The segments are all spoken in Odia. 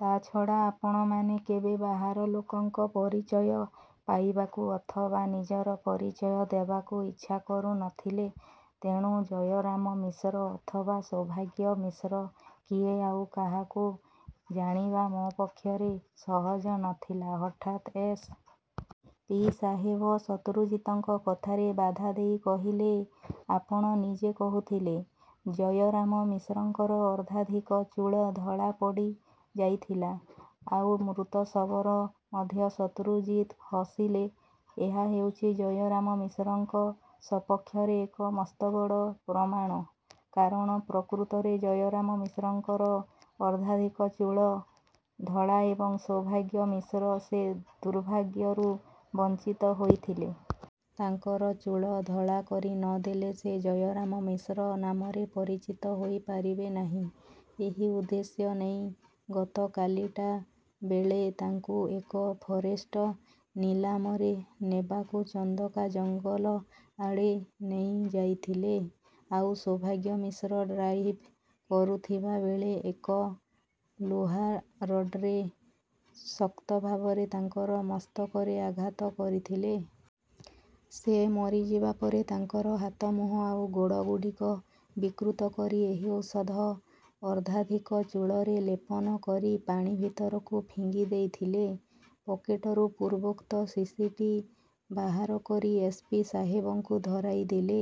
ତା' ଛଡ଼ା ଆପଣମାନେ କେବେ ବାହାର ଲୋକଙ୍କ ପରିଚୟ ପାଇବାକୁ ଅଥବା ନିଜର ପରିଚୟ ଦେବାକୁ ଇଚ୍ଛା କରୁ ନ ଥିଲେ। ତେଣୁ ଜୟରାମ ମିଶ୍ର ଅଥବା ସୌଭାଗ୍ୟ ମିଶ୍ର କିଏ ଆଉ କାହାକୁ ଜାଣିବା ମୋ ପକ୍ଷରେ ସହଜ ନ ଥିଲା। ହଠାତ୍ ଏସ୍. ପି. ସାହେବ ଶତ୍ରୁଜିତ୍ଙ୍କ କଥାରେ ବାଧା ଦେଇ କହିଲେ-ଆପଣ ନିଜେ କହୁଥିଲେ, ଜୟରାମ ମିଶ୍ରଙ୍କର ଅର୍ଦ୍ଧାଧିକ ଚୂଳ ଧଳା ପଡ଼ିଯାଇଥିଲା। ଆଉ ମୃତ ଶବର ମଧ୍ୟ ଶତ୍ରୁଜିତ୍ ହସିଲେ। ଏହା ହେଉଛି ଜୟରାମ ମିଶ୍ରଙ୍କ ସପକ୍ଷରେ ଏକ ମସ୍ତବଡ଼ ପ୍ରମାଣ-। କାରଣ ପ୍ରକୃତରେ ଜୟରାମ ମିଶ୍ରଙ୍କର ଅର୍ଦ୍ଧାଧିକ ଚୁଳ ଧଳା ଏବଂ ସୌଭାଗ୍ୟ ମିଶ୍ର ସେ ଦୁର୍ଭାଗ୍ୟରୁ ବଞ୍ଚିତ ହୋଇଥିଲେ। ତାଙ୍କର ଚୂଳ ଧଳା କରି ନ ଦେଲେ ସେ ଜୟରାମ ମିଶ୍ର ନାମରେ ପରିଚିତ ହୋଇପାରିବେ ନାହିଁ। ଏହି ଉଦ୍ଦେଶ୍ୟ ନେଇ ଗତକାଲି ଟା ବେଳେ ତାଙ୍କୁ ଏକ ଫରେଷ୍ଟ ନିଲାମରେ ନେବାକୁ ଚନ୍ଦକା ଜଙ୍ଗଲ ଆଡ଼େ ନେଇଯାଇଥିଲେ। ଆଉ ସୌଭାଗ୍ୟ ମିଶ୍ର ଡ୍ରାଇଭ୍ କରୁଥିବାବେଳେ ଏକ ଲୁହା ରଡ୍ରେ ଶକ୍ତଭାବରେ ତାଙ୍କର ମସ୍ତକରେ ଆଘାତ କରିଥିଲେ-। ସେ ମରିଯିବା ପରେ ତାଙ୍କର ହାତ, ମୁହଁ ଆଉ ଗୋଡ଼ଗୁଡ଼ିକ ବିକୃତ କରି ଏହି ଔଷଧ ଅର୍ଦ୍ଧାଧିକ ଚୂଳରେ ଲେପନ କରି ପାଣି ଭିତରକୁ ଫିଙ୍ଗିଦେଇଥିଲେ। ପକେଟରୁ ପୂର୍ବୋକ୍ତ ଶିଶିଟି ବାହାର କରି ଏସ୍. ପି. ସାହେବଙ୍କୁ ଧରାଇଦେଲେ।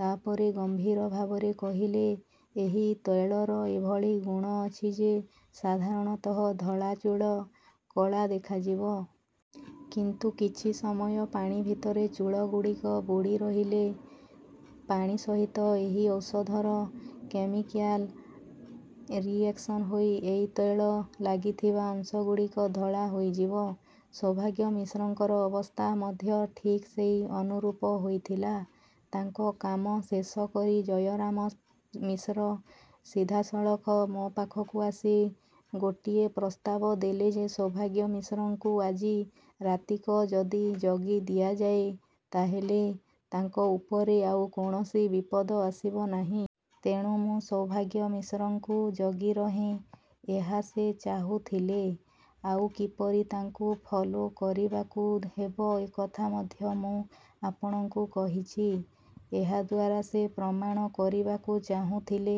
ତା'ପରେ ଗମ୍ଭୀର ଭାବରେ କହିଲେ-ଏହି ତୈଳର ଏଭଳି ଗୁଣ ଅଛି ଯେ ସାଧାରଣତଃ ଧଳା ଚୂଳ କଳା ଦେଖାଯିବ। କିନ୍ତୁ କିଛି ସମୟ ପାଣି ଭିତରେ ଚୂଳଗୁଡ଼ିକ ବୁଡ଼ିରହିଲେ ପାଣି ସହିତ ଏହି ଔଷଧର କେମିକ୍ୟାଲ୍ ରିଏକ୍ସନ୍ହୋଇ ଏଇ ତୈଳ ଲାଗିଥିବା ଅଂଶଗୁଡ଼ିକ ଧଳା ହୋଇଯିବ। ସୌଭାଗ୍ୟ ମିଶ୍ରଙ୍କର ଅବସ୍ଥା ମଧ୍ୟ ଠିକ୍ ସେଇ ଅନୁରୂପ ହୋଇଥିଲା। ତାଙ୍କ କାମ ଶେଷ କରି ଜୟରାମ ମିଶ୍ର ସିଧାସଳଖ ମୋ ପାଖକୁ ଆସି ଗୋଟିଏ ପ୍ରସ୍ତାବ ଦେଲେ ଯେ ସୌଭାଗ୍ୟ ମିଶ୍ରଙ୍କୁ ଆଜି ରାତିକ ଯଦି ଜଗି ଦିଆଯାଏ, ତା'ହେଲେ ତାଙ୍କ ଉପରେ ଆଉ କୌଣସି ବିପଦ ଆସିବ ନାହିଁ। ତେଣୁ ମୁଁ ସୌଭାଗ୍ୟ ମିଶ୍ରଙ୍କୁ ଜଗିରହେଁ ଏହା ସେ ଚାହୁଥିଲେ। ଆଉ କିପରି ତାଙ୍କୁ ଫଲୋ କରିବାକୁ ହେବ ଏକଥା ମଧ୍ୟ ମୁଁ ଆପଣଙ୍କୁ କହିଛି। ଏହାଦ୍ୱାରା ସେ ପ୍ରମାଣ କରିବାକୁ ଚାହୁଁଥିଲେ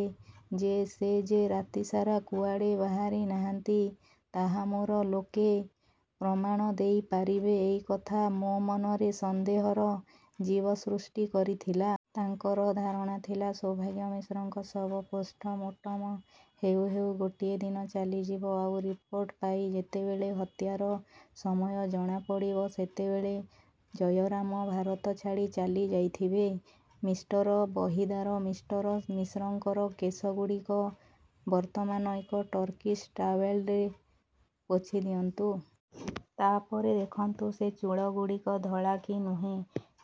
ଯେ ସେ ଯେ ରାତିସାରା କୁଆଡ଼େ ବାହାରିନାହାନ୍ତି, ତାହା ମୋର ଲୋକେ ପ୍ରମାଣ ଦେଇପାରିବେ ଏଇକଥା ମୋ ମନରେ ସନ୍ଦେହର ବୀଜ ସୃଷ୍ଟି କରିଥିଲା। ତାଙ୍କର ଧାରଣା ଥିଲା ସୌଭାଗ୍ୟ ମିଶ୍ରଙ୍କ ଶବ ପୋଷ୍ଠମୋଟମ ହେଉ ହେଉ ଗୋଟିଏ ଦିନ ଚାଲିଯିବ। ଆଉ ରିପୋର୍ଟ ପାଇ ଯେତେବେଳେ ହତ୍ୟାର ସମୟ ଜଣାପଡ଼ିବ ସେତେବେଳେ ଜୟରାମ ଭାରତ ଛାଡ଼ି ଚାଲିଯାଇଥିବେ। ମିଷ୍ଟର ବହିଦାର! ମିଷ୍ଟର ମିଶ୍ରଙ୍କର କେଶଗୁଡ଼ିକ ବର୍ତ୍ତମାନ ଏକ ଟର୍କିସ ଟାଓ୍ୱେଲରେ ପୋଛିଦିଅନ୍ତୁ। ତା' ପରେ ଦେଖନ୍ତୁ ସେ ଚୂଳଗୁଡ଼ିକ ଧଳା କି ନୁହେଁ।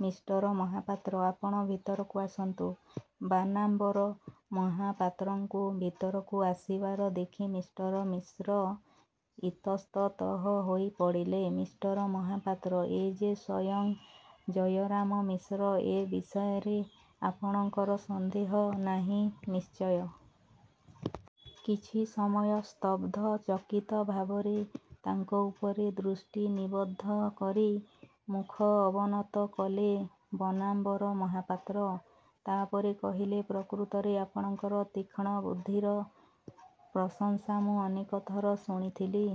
ମିଷ୍ଟର ମହାପାତ୍ର! ଆପଣ ଭିତରକୁ ଆସନ୍ତୁ। ବାନାମ୍ବର ମହାପାତ୍ରଙ୍କୁ ଭିତରକୁ ଆସିବାର ଦେଖି ମିଷ୍ଟର ମିଶ୍ର ଇତସ୍ତତଃ ହୋଇପଡ଼ିଲେ। ମିଷ୍ଟର ମହାପାତ୍ର! ଏ ଯେ ସ୍ୱୟଂ ଜୟରାମ ମିଶ୍ର ଏ ବିଷୟରେ ଆପଣଙ୍କର ସନ୍ଦେହ ନାହିଁ ନିଶ୍ଚୟ? କିଛି ସମୟ ସ୍ତବ୍ଧ ଚକିତ ଭାବରେ ତାଙ୍କ ଉପରେ ଦୃଷ୍ଟି ନିବଦ୍ଧ କରି ମୁଖ ଅବନତ କଲେ ବନାମ୍ବର ମହାପାତ୍ର। ତା'ପରେ କହିଲେ-ପ୍ରକୃତରେ ଆପଣଙ୍କର ତୀକ୍ଷ୍ଣ ବୁଦ୍ଧିର ପ୍ରଶଂସା ମୁଁ ଅନେକଥର ଶୁଣିଥିଲି,